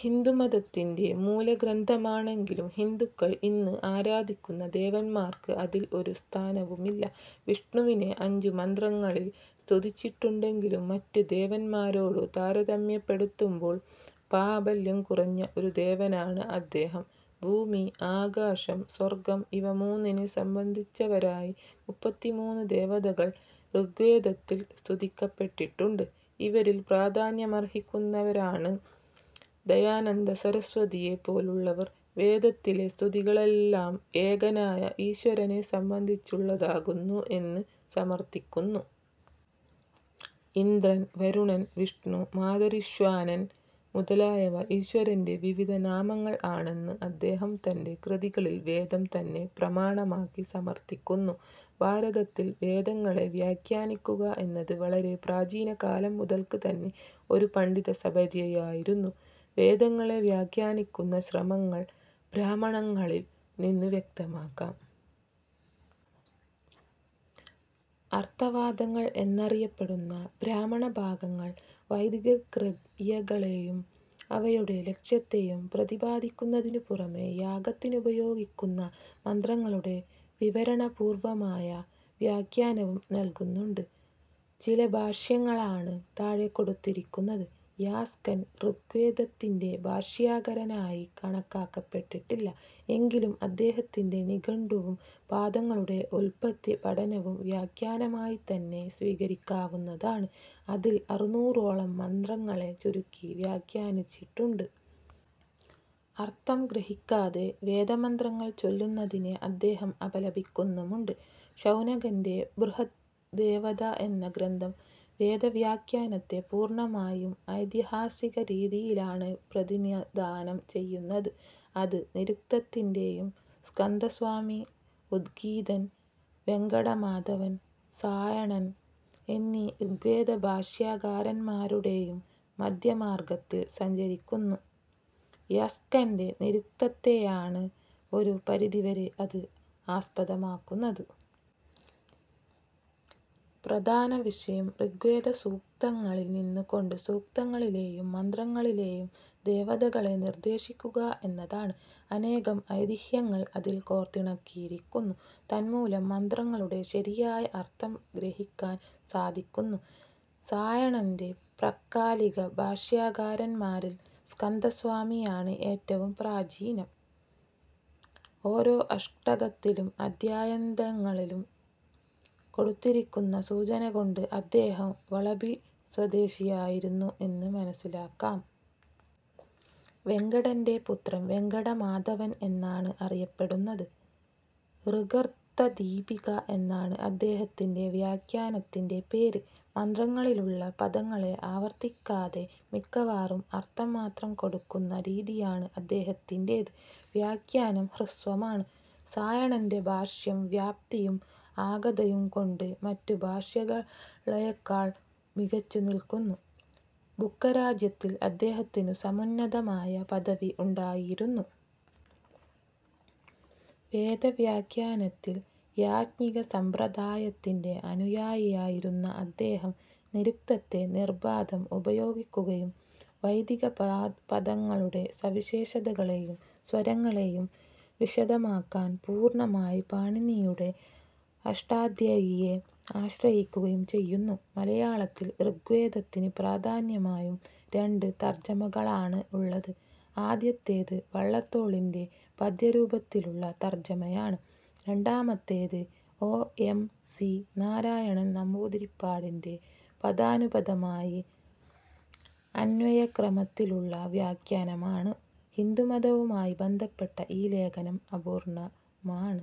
ഹിന്ദുമതത്തിൻ്റെ മൂലഗ്രന്ഥമാണെങ്കിലും ഹിന്ദുക്കൾ ഇന്ന് ആരാധിക്കുന്ന ദേവന്മാർക്ക് അതിൽ ഒരു സ്ഥാനവുമില്ല. വിഷ്ണുവിനെ അഞ്ചു മന്ത്രങ്ങളിൽ സ്തുതിച്ചിട്ടുണ്ടെങ്കിലും മറ്റ് ദേവൻമാരോടു താരതമ്യപ്പെടുത്തുമ്പോൾ പ്രാബല്യം കുറഞ്ഞ ഒരു ദേവനാണ് അദ്ദേഹം. ഭൂമി, ആകാശം, സ്വർഗം ഇവ മൂന്നിനെ സംബന്ധിച്ചവരായി മുപ്പത്തിമൂന്ന് ദേവതകൾ ഋഗ്വേദത്തിൽ സ്തുതിക്കപ്പെട്ടിട്ടുണ്ട്. ഇവരിൽ പ്രാധാന്യമർഹിക്കുന്നവരാണ് ദയാനന്ദ സരസ്വതിയെ പോലുള്ളവർ വേദത്തിലെ സ്തുതികളെല്ലാം ഏകനായ ഈശ്വരനെ സംബന്ധിച്ചുള്ളതാകുന്നു എന്നു സമർത്ഥിക്കുന്നു. ഇന്ദ്രൻ, വരുണൻ, വിഷ്ണു, മാതരിശ്വാനൻ മുതലായവ ഈശ്വരൻ്റെ വിവിധ നാമങ്ങൾ ആണെന്ന് അദ്ദേഹം തൻ്റെ കൃതികളിൽ വേദം തന്നെ പ്രമാണമാക്കി സമർത്ഥിക്കുന്നു. ഭാരതത്തിൽ വേദങ്ങളെ വ്യാഖ്യാനിക്കുക എന്നത് വളരെ പ്രാചീന കാലം മുതൽക്ക് തന്നെ ഒരു പണ്ഡിത സപര്യയായിരുന്നു. വേദങ്ങളെ വ്യാഖ്യാനിക്കുന്ന ശ്രമങ്ങൾ ബ്രാഹ്മണങ്ങളിൽ നിന്ന് വ്യക്തമാക്കാം. അർത്തവാദങ്ങൾ എന്നറിയപ്പെടുന്ന ബ്രാഹ്മണഭാഗങ്ങൾ വൈദികക്രിയകളേയും അവയുടെ ലക്ഷ്യത്തേയും പ്രതിപാദിക്കുന്നതിനു പുറമേ യാഗത്തിനുപയോഗിക്കുന്ന മന്ത്രങ്ങളുടെ വിവരണപൂർവ്വമായ വ്യാഖ്യാനവും നൽകുന്നുണ്ട്. ചില ഭാഷ്യങ്ങളാണ് താഴെ കൊടുത്തിരിക്കുന്നത്. യാസ്കൻ ഋഗ്വേദത്തിൻ്റെ ഭാഷ്യാകാരനായി കണക്കാക്കപ്പെട്ടിട്ടില്ല. എങ്കിലും അദ്ദേഹത്തിൻ്റെ നിഘണ്ടുവും പദങ്ങളുടെ ഉല്പത്തി പഠനവും വ്യാഖ്യാനമായിതന്നെ സ്വീകരിക്കാവുന്നതാണ്. അതിൽ അറുന്നൂറോളം മന്ത്രങ്ങളെ ചുരുക്കി വ്യാഖ്യാനിച്ചിട്ടുണ്ട്. അർത്ഥം ഗ്രഹിക്കാതെ വേദമന്ത്രങ്ങൾ ചൊല്ലുന്നതിനെ അദ്ദേഹം അപലപിക്കുന്നുമുണ്ട്. ശൗനകൻ്റെ ബൃഹദ് ദേവദ എന്ന ഗ്രന്ഥം വേദവ്യാഖ്യാനത്തെ പൂർണ്ണമായും ഐതിഹാസിക രീതിയിലാണ് പ്രതിനിധാനം ചെയ്യുന്നത്. അത് നിരുക്തത്തിൻ്റേയും, സ്കന്ദസ്വാമി, ഉദ്ഗീഥൻ, വെങ്കടമാധവൻ, സായണൻ എന്നീ ഋഗ്വേദഭാഷ്യാകാരന്മാരുടേയും മദ്ധ്യമാർഗ്ഗത്തിൽ സഞ്ചരിക്കുന്നു. യാസ്കൻ്റെ നിരുക്തത്തെയാണ് ഒരു പരിധിവരെ അത് ആസ്പദമാക്കുന്നത്. പ്രധാനവിഷയം ഋഗ്വേദസൂക്തങ്ങളിൽ നിന്നുകൊണ്ട് സൂക്തങ്ങളിലേയും മന്ത്രങ്ങളിലേയും ദേവതകളെ നിർദ്ദേശിക്കുക എന്നതാണ്. അനേകം ഐതിഹ്യങ്ങൾ അതിൽ കോർത്തിണക്കിയിരിക്കുന്നു. തന്മൂലം മന്ത്രങ്ങളുടെ ശരിയായ അർത്ഥം ഗ്രഹിക്കാൻ സാധിക്കുന്നു. സായണൻ്റെ പ്രക്കാലിക ഭാഷ്യാകാരന്മാരിൽ സ്കന്ദസ്വാമിയാണ് ഏറ്റവും പ്രചീനം. ഓരോ അഷ്ടകത്തിലും അദ്ധ്യായാന്തങ്ങളിലും കൊടുത്തിരിക്കുന്ന സൂചനകൊണ്ട് അദ്ദേഹം വളഭി സ്വദേശിയായിരുന്നു എന്നു മനസ്സിലാക്കാം. വെങ്കടൻ്റെ പുത്രൻ വെങ്കടമാധവൻ എന്നാണ് അറിയപ്പെടുന്നത്. ഋഗർത്ഥദീപിക എന്നാണ് അദ്ദേഹത്തിൻ്റെ വ്യാഖ്യാനത്തിൻ്റെ പേര്. മന്ത്രങ്ങളിലുള്ള പദങ്ങളെ ആവർത്തിക്കാതെ മിക്കവാറും അർത്ഥം മാത്രം കൊടുക്കുന്ന രീതിയാന് അദ്ദേഹത്തിൻ്റേത്. വ്യാഖ്യാനം ഹ്രസ്വമാണ്. സായണൻ്റെ ഭാഷ്യം വ്യാപ്തിയും അഗാധയും കൊണ്ട് മറ്റു ഭാഷ്യങ്ങളേക്കാൾ മികച്ചു നിൽകുന്നു. ബുക്കരാജ്യത്തിൽ അദ്ദേഹത്തിനു സമുന്നതമായ പദവി ഉണ്ടായിരുന്നു. വേദ വ്യാഖ്യാനത്തിൽ യാജ്ഞികസമ്പ്രദായത്തിൻ്റെ അനുയായിയായിരുന്ന അദ്ദേഹം നിരുക്തത്തെ നിർബാധം ഉപയോഗിക്കുകയും വൈദിക പാദ പദങ്ങളുടെ സവിശേഷതകളേയും സ്വരങ്ങളേയും വിശദമാക്കാൻ പൂർണ്ണമായി പാണീനിയുടെ അഷ്ടാദ്ധ്യയിയെ ആശ്രയിക്കുകയും ചെയ്യുന്നു. മലയാളത്തിൽ ഋഗ്വേദത്തിന് പ്രധാനമായും രണ്ട് തർജ്ജമകളാണ് ഉള്ളത്. ആദ്യത്തേത് വള്ളത്തോളിൻ്റെ പദ്യരൂപത്തിലുള്ള തർജ്ജമയാണ്. രണ്ടാമത്തേത് ഒ. എം. സി. നാരായണൻ നമ്പൂതിരിപ്പാടിൻ്റെ പദാനുപദമായി അന്വയക്രമത്തിലുള്ള വ്യാഖ്യാനമാണ്. ഹിന്ദുമതവുമായി ബന്ധപ്പെട്ട ഈ ലേഖനം അപൂർണ്ണമാണ്.